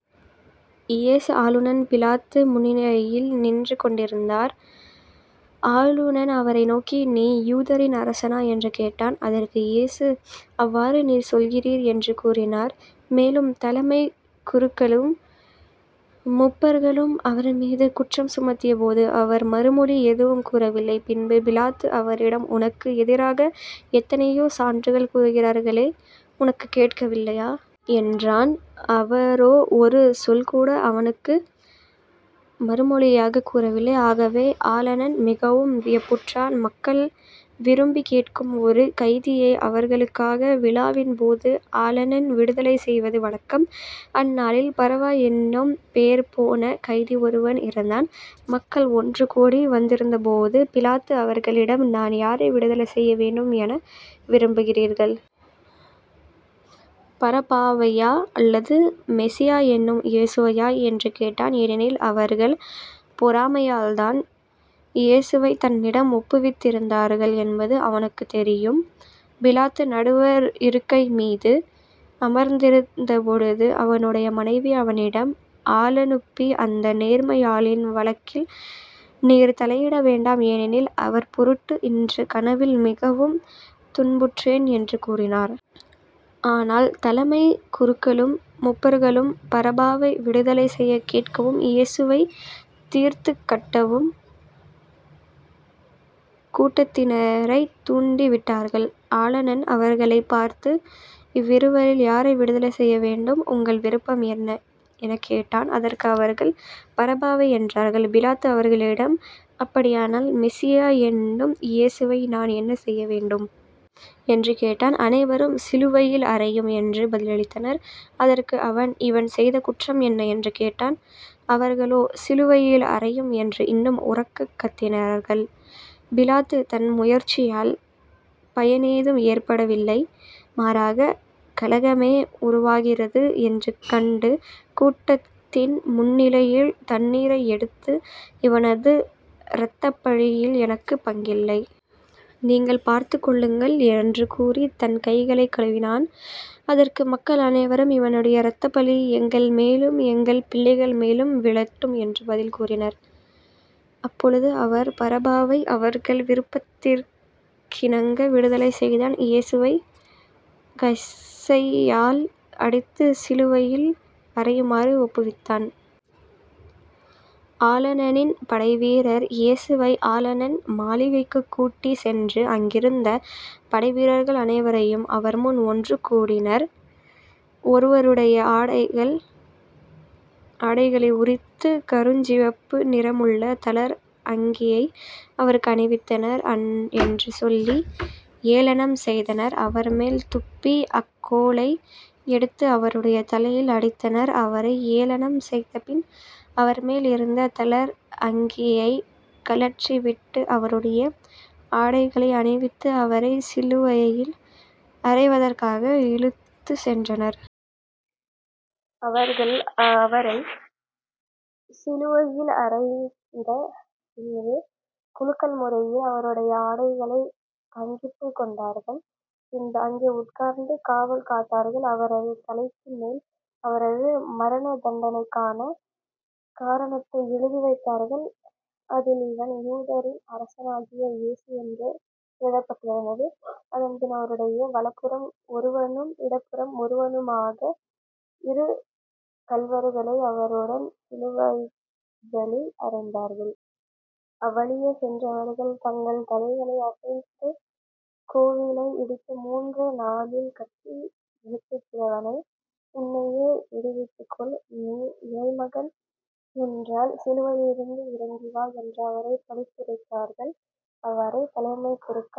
இயேசு ஆளுநன் பிலாத்து முன்னிலையில் நின்று கொண்டிருந்தார். ஆளநன் அவரை நோக்கி நீ யூதரின் அரசனா? என்று கேட்டான். அதற்கு இயேசு அவ்வாறு நீர் சொல்கிறீர் என்று கூறினார். மேலும் தலைமைக் குருக்களும் முப்பர்களும் அவர்மீதும் குற்றம் சுமத்தியபோது அவர் மறுமொழி எதுவும் கூறவில்லை. பின்பு பிலாத்து அவரிடம் உனக்கு எதிராக எத்தனையோ சான்றுகள் கூறுகிறார்களே உனக்குக் கேட்கவில்லையா? என்றான். அவரோ ஒரு சொல்கூட அவனுக்கு மறுமொழியாகக் கூறவில்லை. ஆகவே ஆளநன் மிகவும் வியப்புற்றான். மக்கள் விரும்பிக் கேட்கும் ஒரு கைதியை அவர்களுக்காக, விழாவின் போது ஆளநன் விடுதலை செய்வது வழக்கம். அந்நாளில் பரபா என்னும் பேர்போன கைதி ஒருவன் இருந்தான். மக்கள் ஒன்றுகூடி வந்திருந்தபோது பிலாத்து அவர்களிடம் நான் யாரை விடுதலை செய்யவேண்டும் என விரும்புகிறீர்கள்? பரபாவையா? அல்லது மெசியா என்னும் இயேசுவையா? என்று கேட்டான். ஏனெனில் அவர்கள் பொறாமையால்தான் இயேசுவைத் தன்னிடம் ஒப்புவித்திருந்தார்கள் என்பது அவனுக்குத் தெரியும். பிலாத்து நடுவர் இருக்கைமீது அமர்ந்திருந்தபொழுது அவனுடைய மனைவி அவனிடம் ஆளனுப்பி அந்த நேர்மையாளின் வழக்கில் நீர் தலையிட வேண்டாம். ஏனெனில் அவர்பொருட்டு இன்று கனவில் மிகவும் துன்புற்றேன் என்று கூறினார். ஆனால் தலைமைக் குருக்களும் முப்பர்களும் பரபாவை விடுதலை செய்யக் கேட்கவும் இயேசுவைத் தீர்த்துக்கட்டவும் கூட்டத்தினரைத் தூண்டி விட்டார்கள். ஆளநன் அவர்களைப் பார்த்து இவ்விருவில் யாரை விடுதலை செய்யவேண்டும்? உங்கள் விருப்பம் என்ன? எனக் கேட்டான். அதற்கு அவர்கள் பரபாவை என்றார்கள். பிலாத்து அவர்களிடம் அப்படியானால் மெசியா என்னும் இயேசுவை நான் என்ன செய்ய வேண்டும்? என்று கேட்டான். அனைவரும் சிலுவையில் அறையும் என்று பதிலளித்தனர். அதற்கு அவன் இவன் செய்த குற்றம் என்ன? என்று கேட்டான். அவர்களோ சிலுவையில் அறையும் என்று இன்னும் உரக்கக் கத்தினார்கள். பிலாத்து தன் முயற்சியால் பயனேதும் ஏற்படவில்லை. மாறாகக் கலகமே உருவாகிறது என்று கண்டு கூட்டத்தின் முன்னிலையில் தண்ணீரை எடுத்து இவனது இரத்தப்பழியில் எனக்குப் பங்கில்லை. நீங்களே பார்த்துக்கொள்ளுங்கள் என்று கூறித் தன் கைகளைக் கழுவினான். அதற்கு மக்கள் அனைவரும் இவனுடைய இரத்தப்பழி எங்கள்மேலும் எங்கள் பிள்ளைகள் மேலும் விழட்டும் என்று பதில் கூறினர். அப்போது அவர் பரபாவை அவர்கள் விருப்பத்திற்கிணங்க விடுதலை செய்தான் இயேசுவைக் கசையால் அடித்துச் சிலுவையில் அறையுமாறு ஒப்புவித்தான். ஆளநனின் படைவீரர் இயேசுவை ஆளநன் மாளிகைக்குக் கூட்டிச் சென்று அங்கிருந்த படைவீரர்கள் அனைவரையும் அவர்முன் ஒன்று கூட்டினர் அவருடைய ஆடைகளை உரித்து, கருஞ்சிவப்பு நிறமுள்ள தளர் அங்கியை அவருக்கு அணிவித்தனர். என்று சொல்லி ஏளனம் செய்தனர் அவர்மேல் துப்பி அக்கோலை எடுத்து அவருடைய தலையில் அடித்தனர் அவரை ஏளனம் செய்தபின் அவர்மேல் இருந்த தளர் அங்கியைக் கழற்றிவிட்டு அவருடைய ஆடைகளை அணிவித்து அவரைச் சிலுவையில் அறைவதற்காக இழுத்துச் சென்றனர். அவர்கள் அவரைச் சிலுவையில் அறைந்த பின்பு குலுக்கல் முறையில் அவருடைய ஆடைகளைப் பங்கிட்டுக்கொண்டார்கள் பின்பு அங்கே உட்கார்ந்து காவல் காத்தார்கள் அவரது தலைக்கு மேல் அவரது மரணதண்டனைக்கான காரணத்தை எழுதி வைத்தார்கள். அதில் இவன் யூதரின் அரசனாகிய இயேசு என்று எழுதப்பட்டிருந்தது. அதன்பின் அவருடைய வலப்புறம் ஒருவனும் இடப்புறம் ஒருவனுமாக இரு கள்வர்களை அவருடன் சிலுவைகளில் அறைந்தார்கள். அவ்வழியே சென்றவர்கள் தங்கள் தலைகளை அசைத்து கோவிலை இடித்து மூன்று நாளில் கட்டி எழுப்புகிறவனே உன்னையே விடுவித்துக்கொள். நீ இறைமகன் என்றால் சிலுவையிலிருந்து இறங்கி வா என்று அவரைப் பழித்துரைத்தார்கள். அவ்வாறே தலைமைக் குருக்கள்,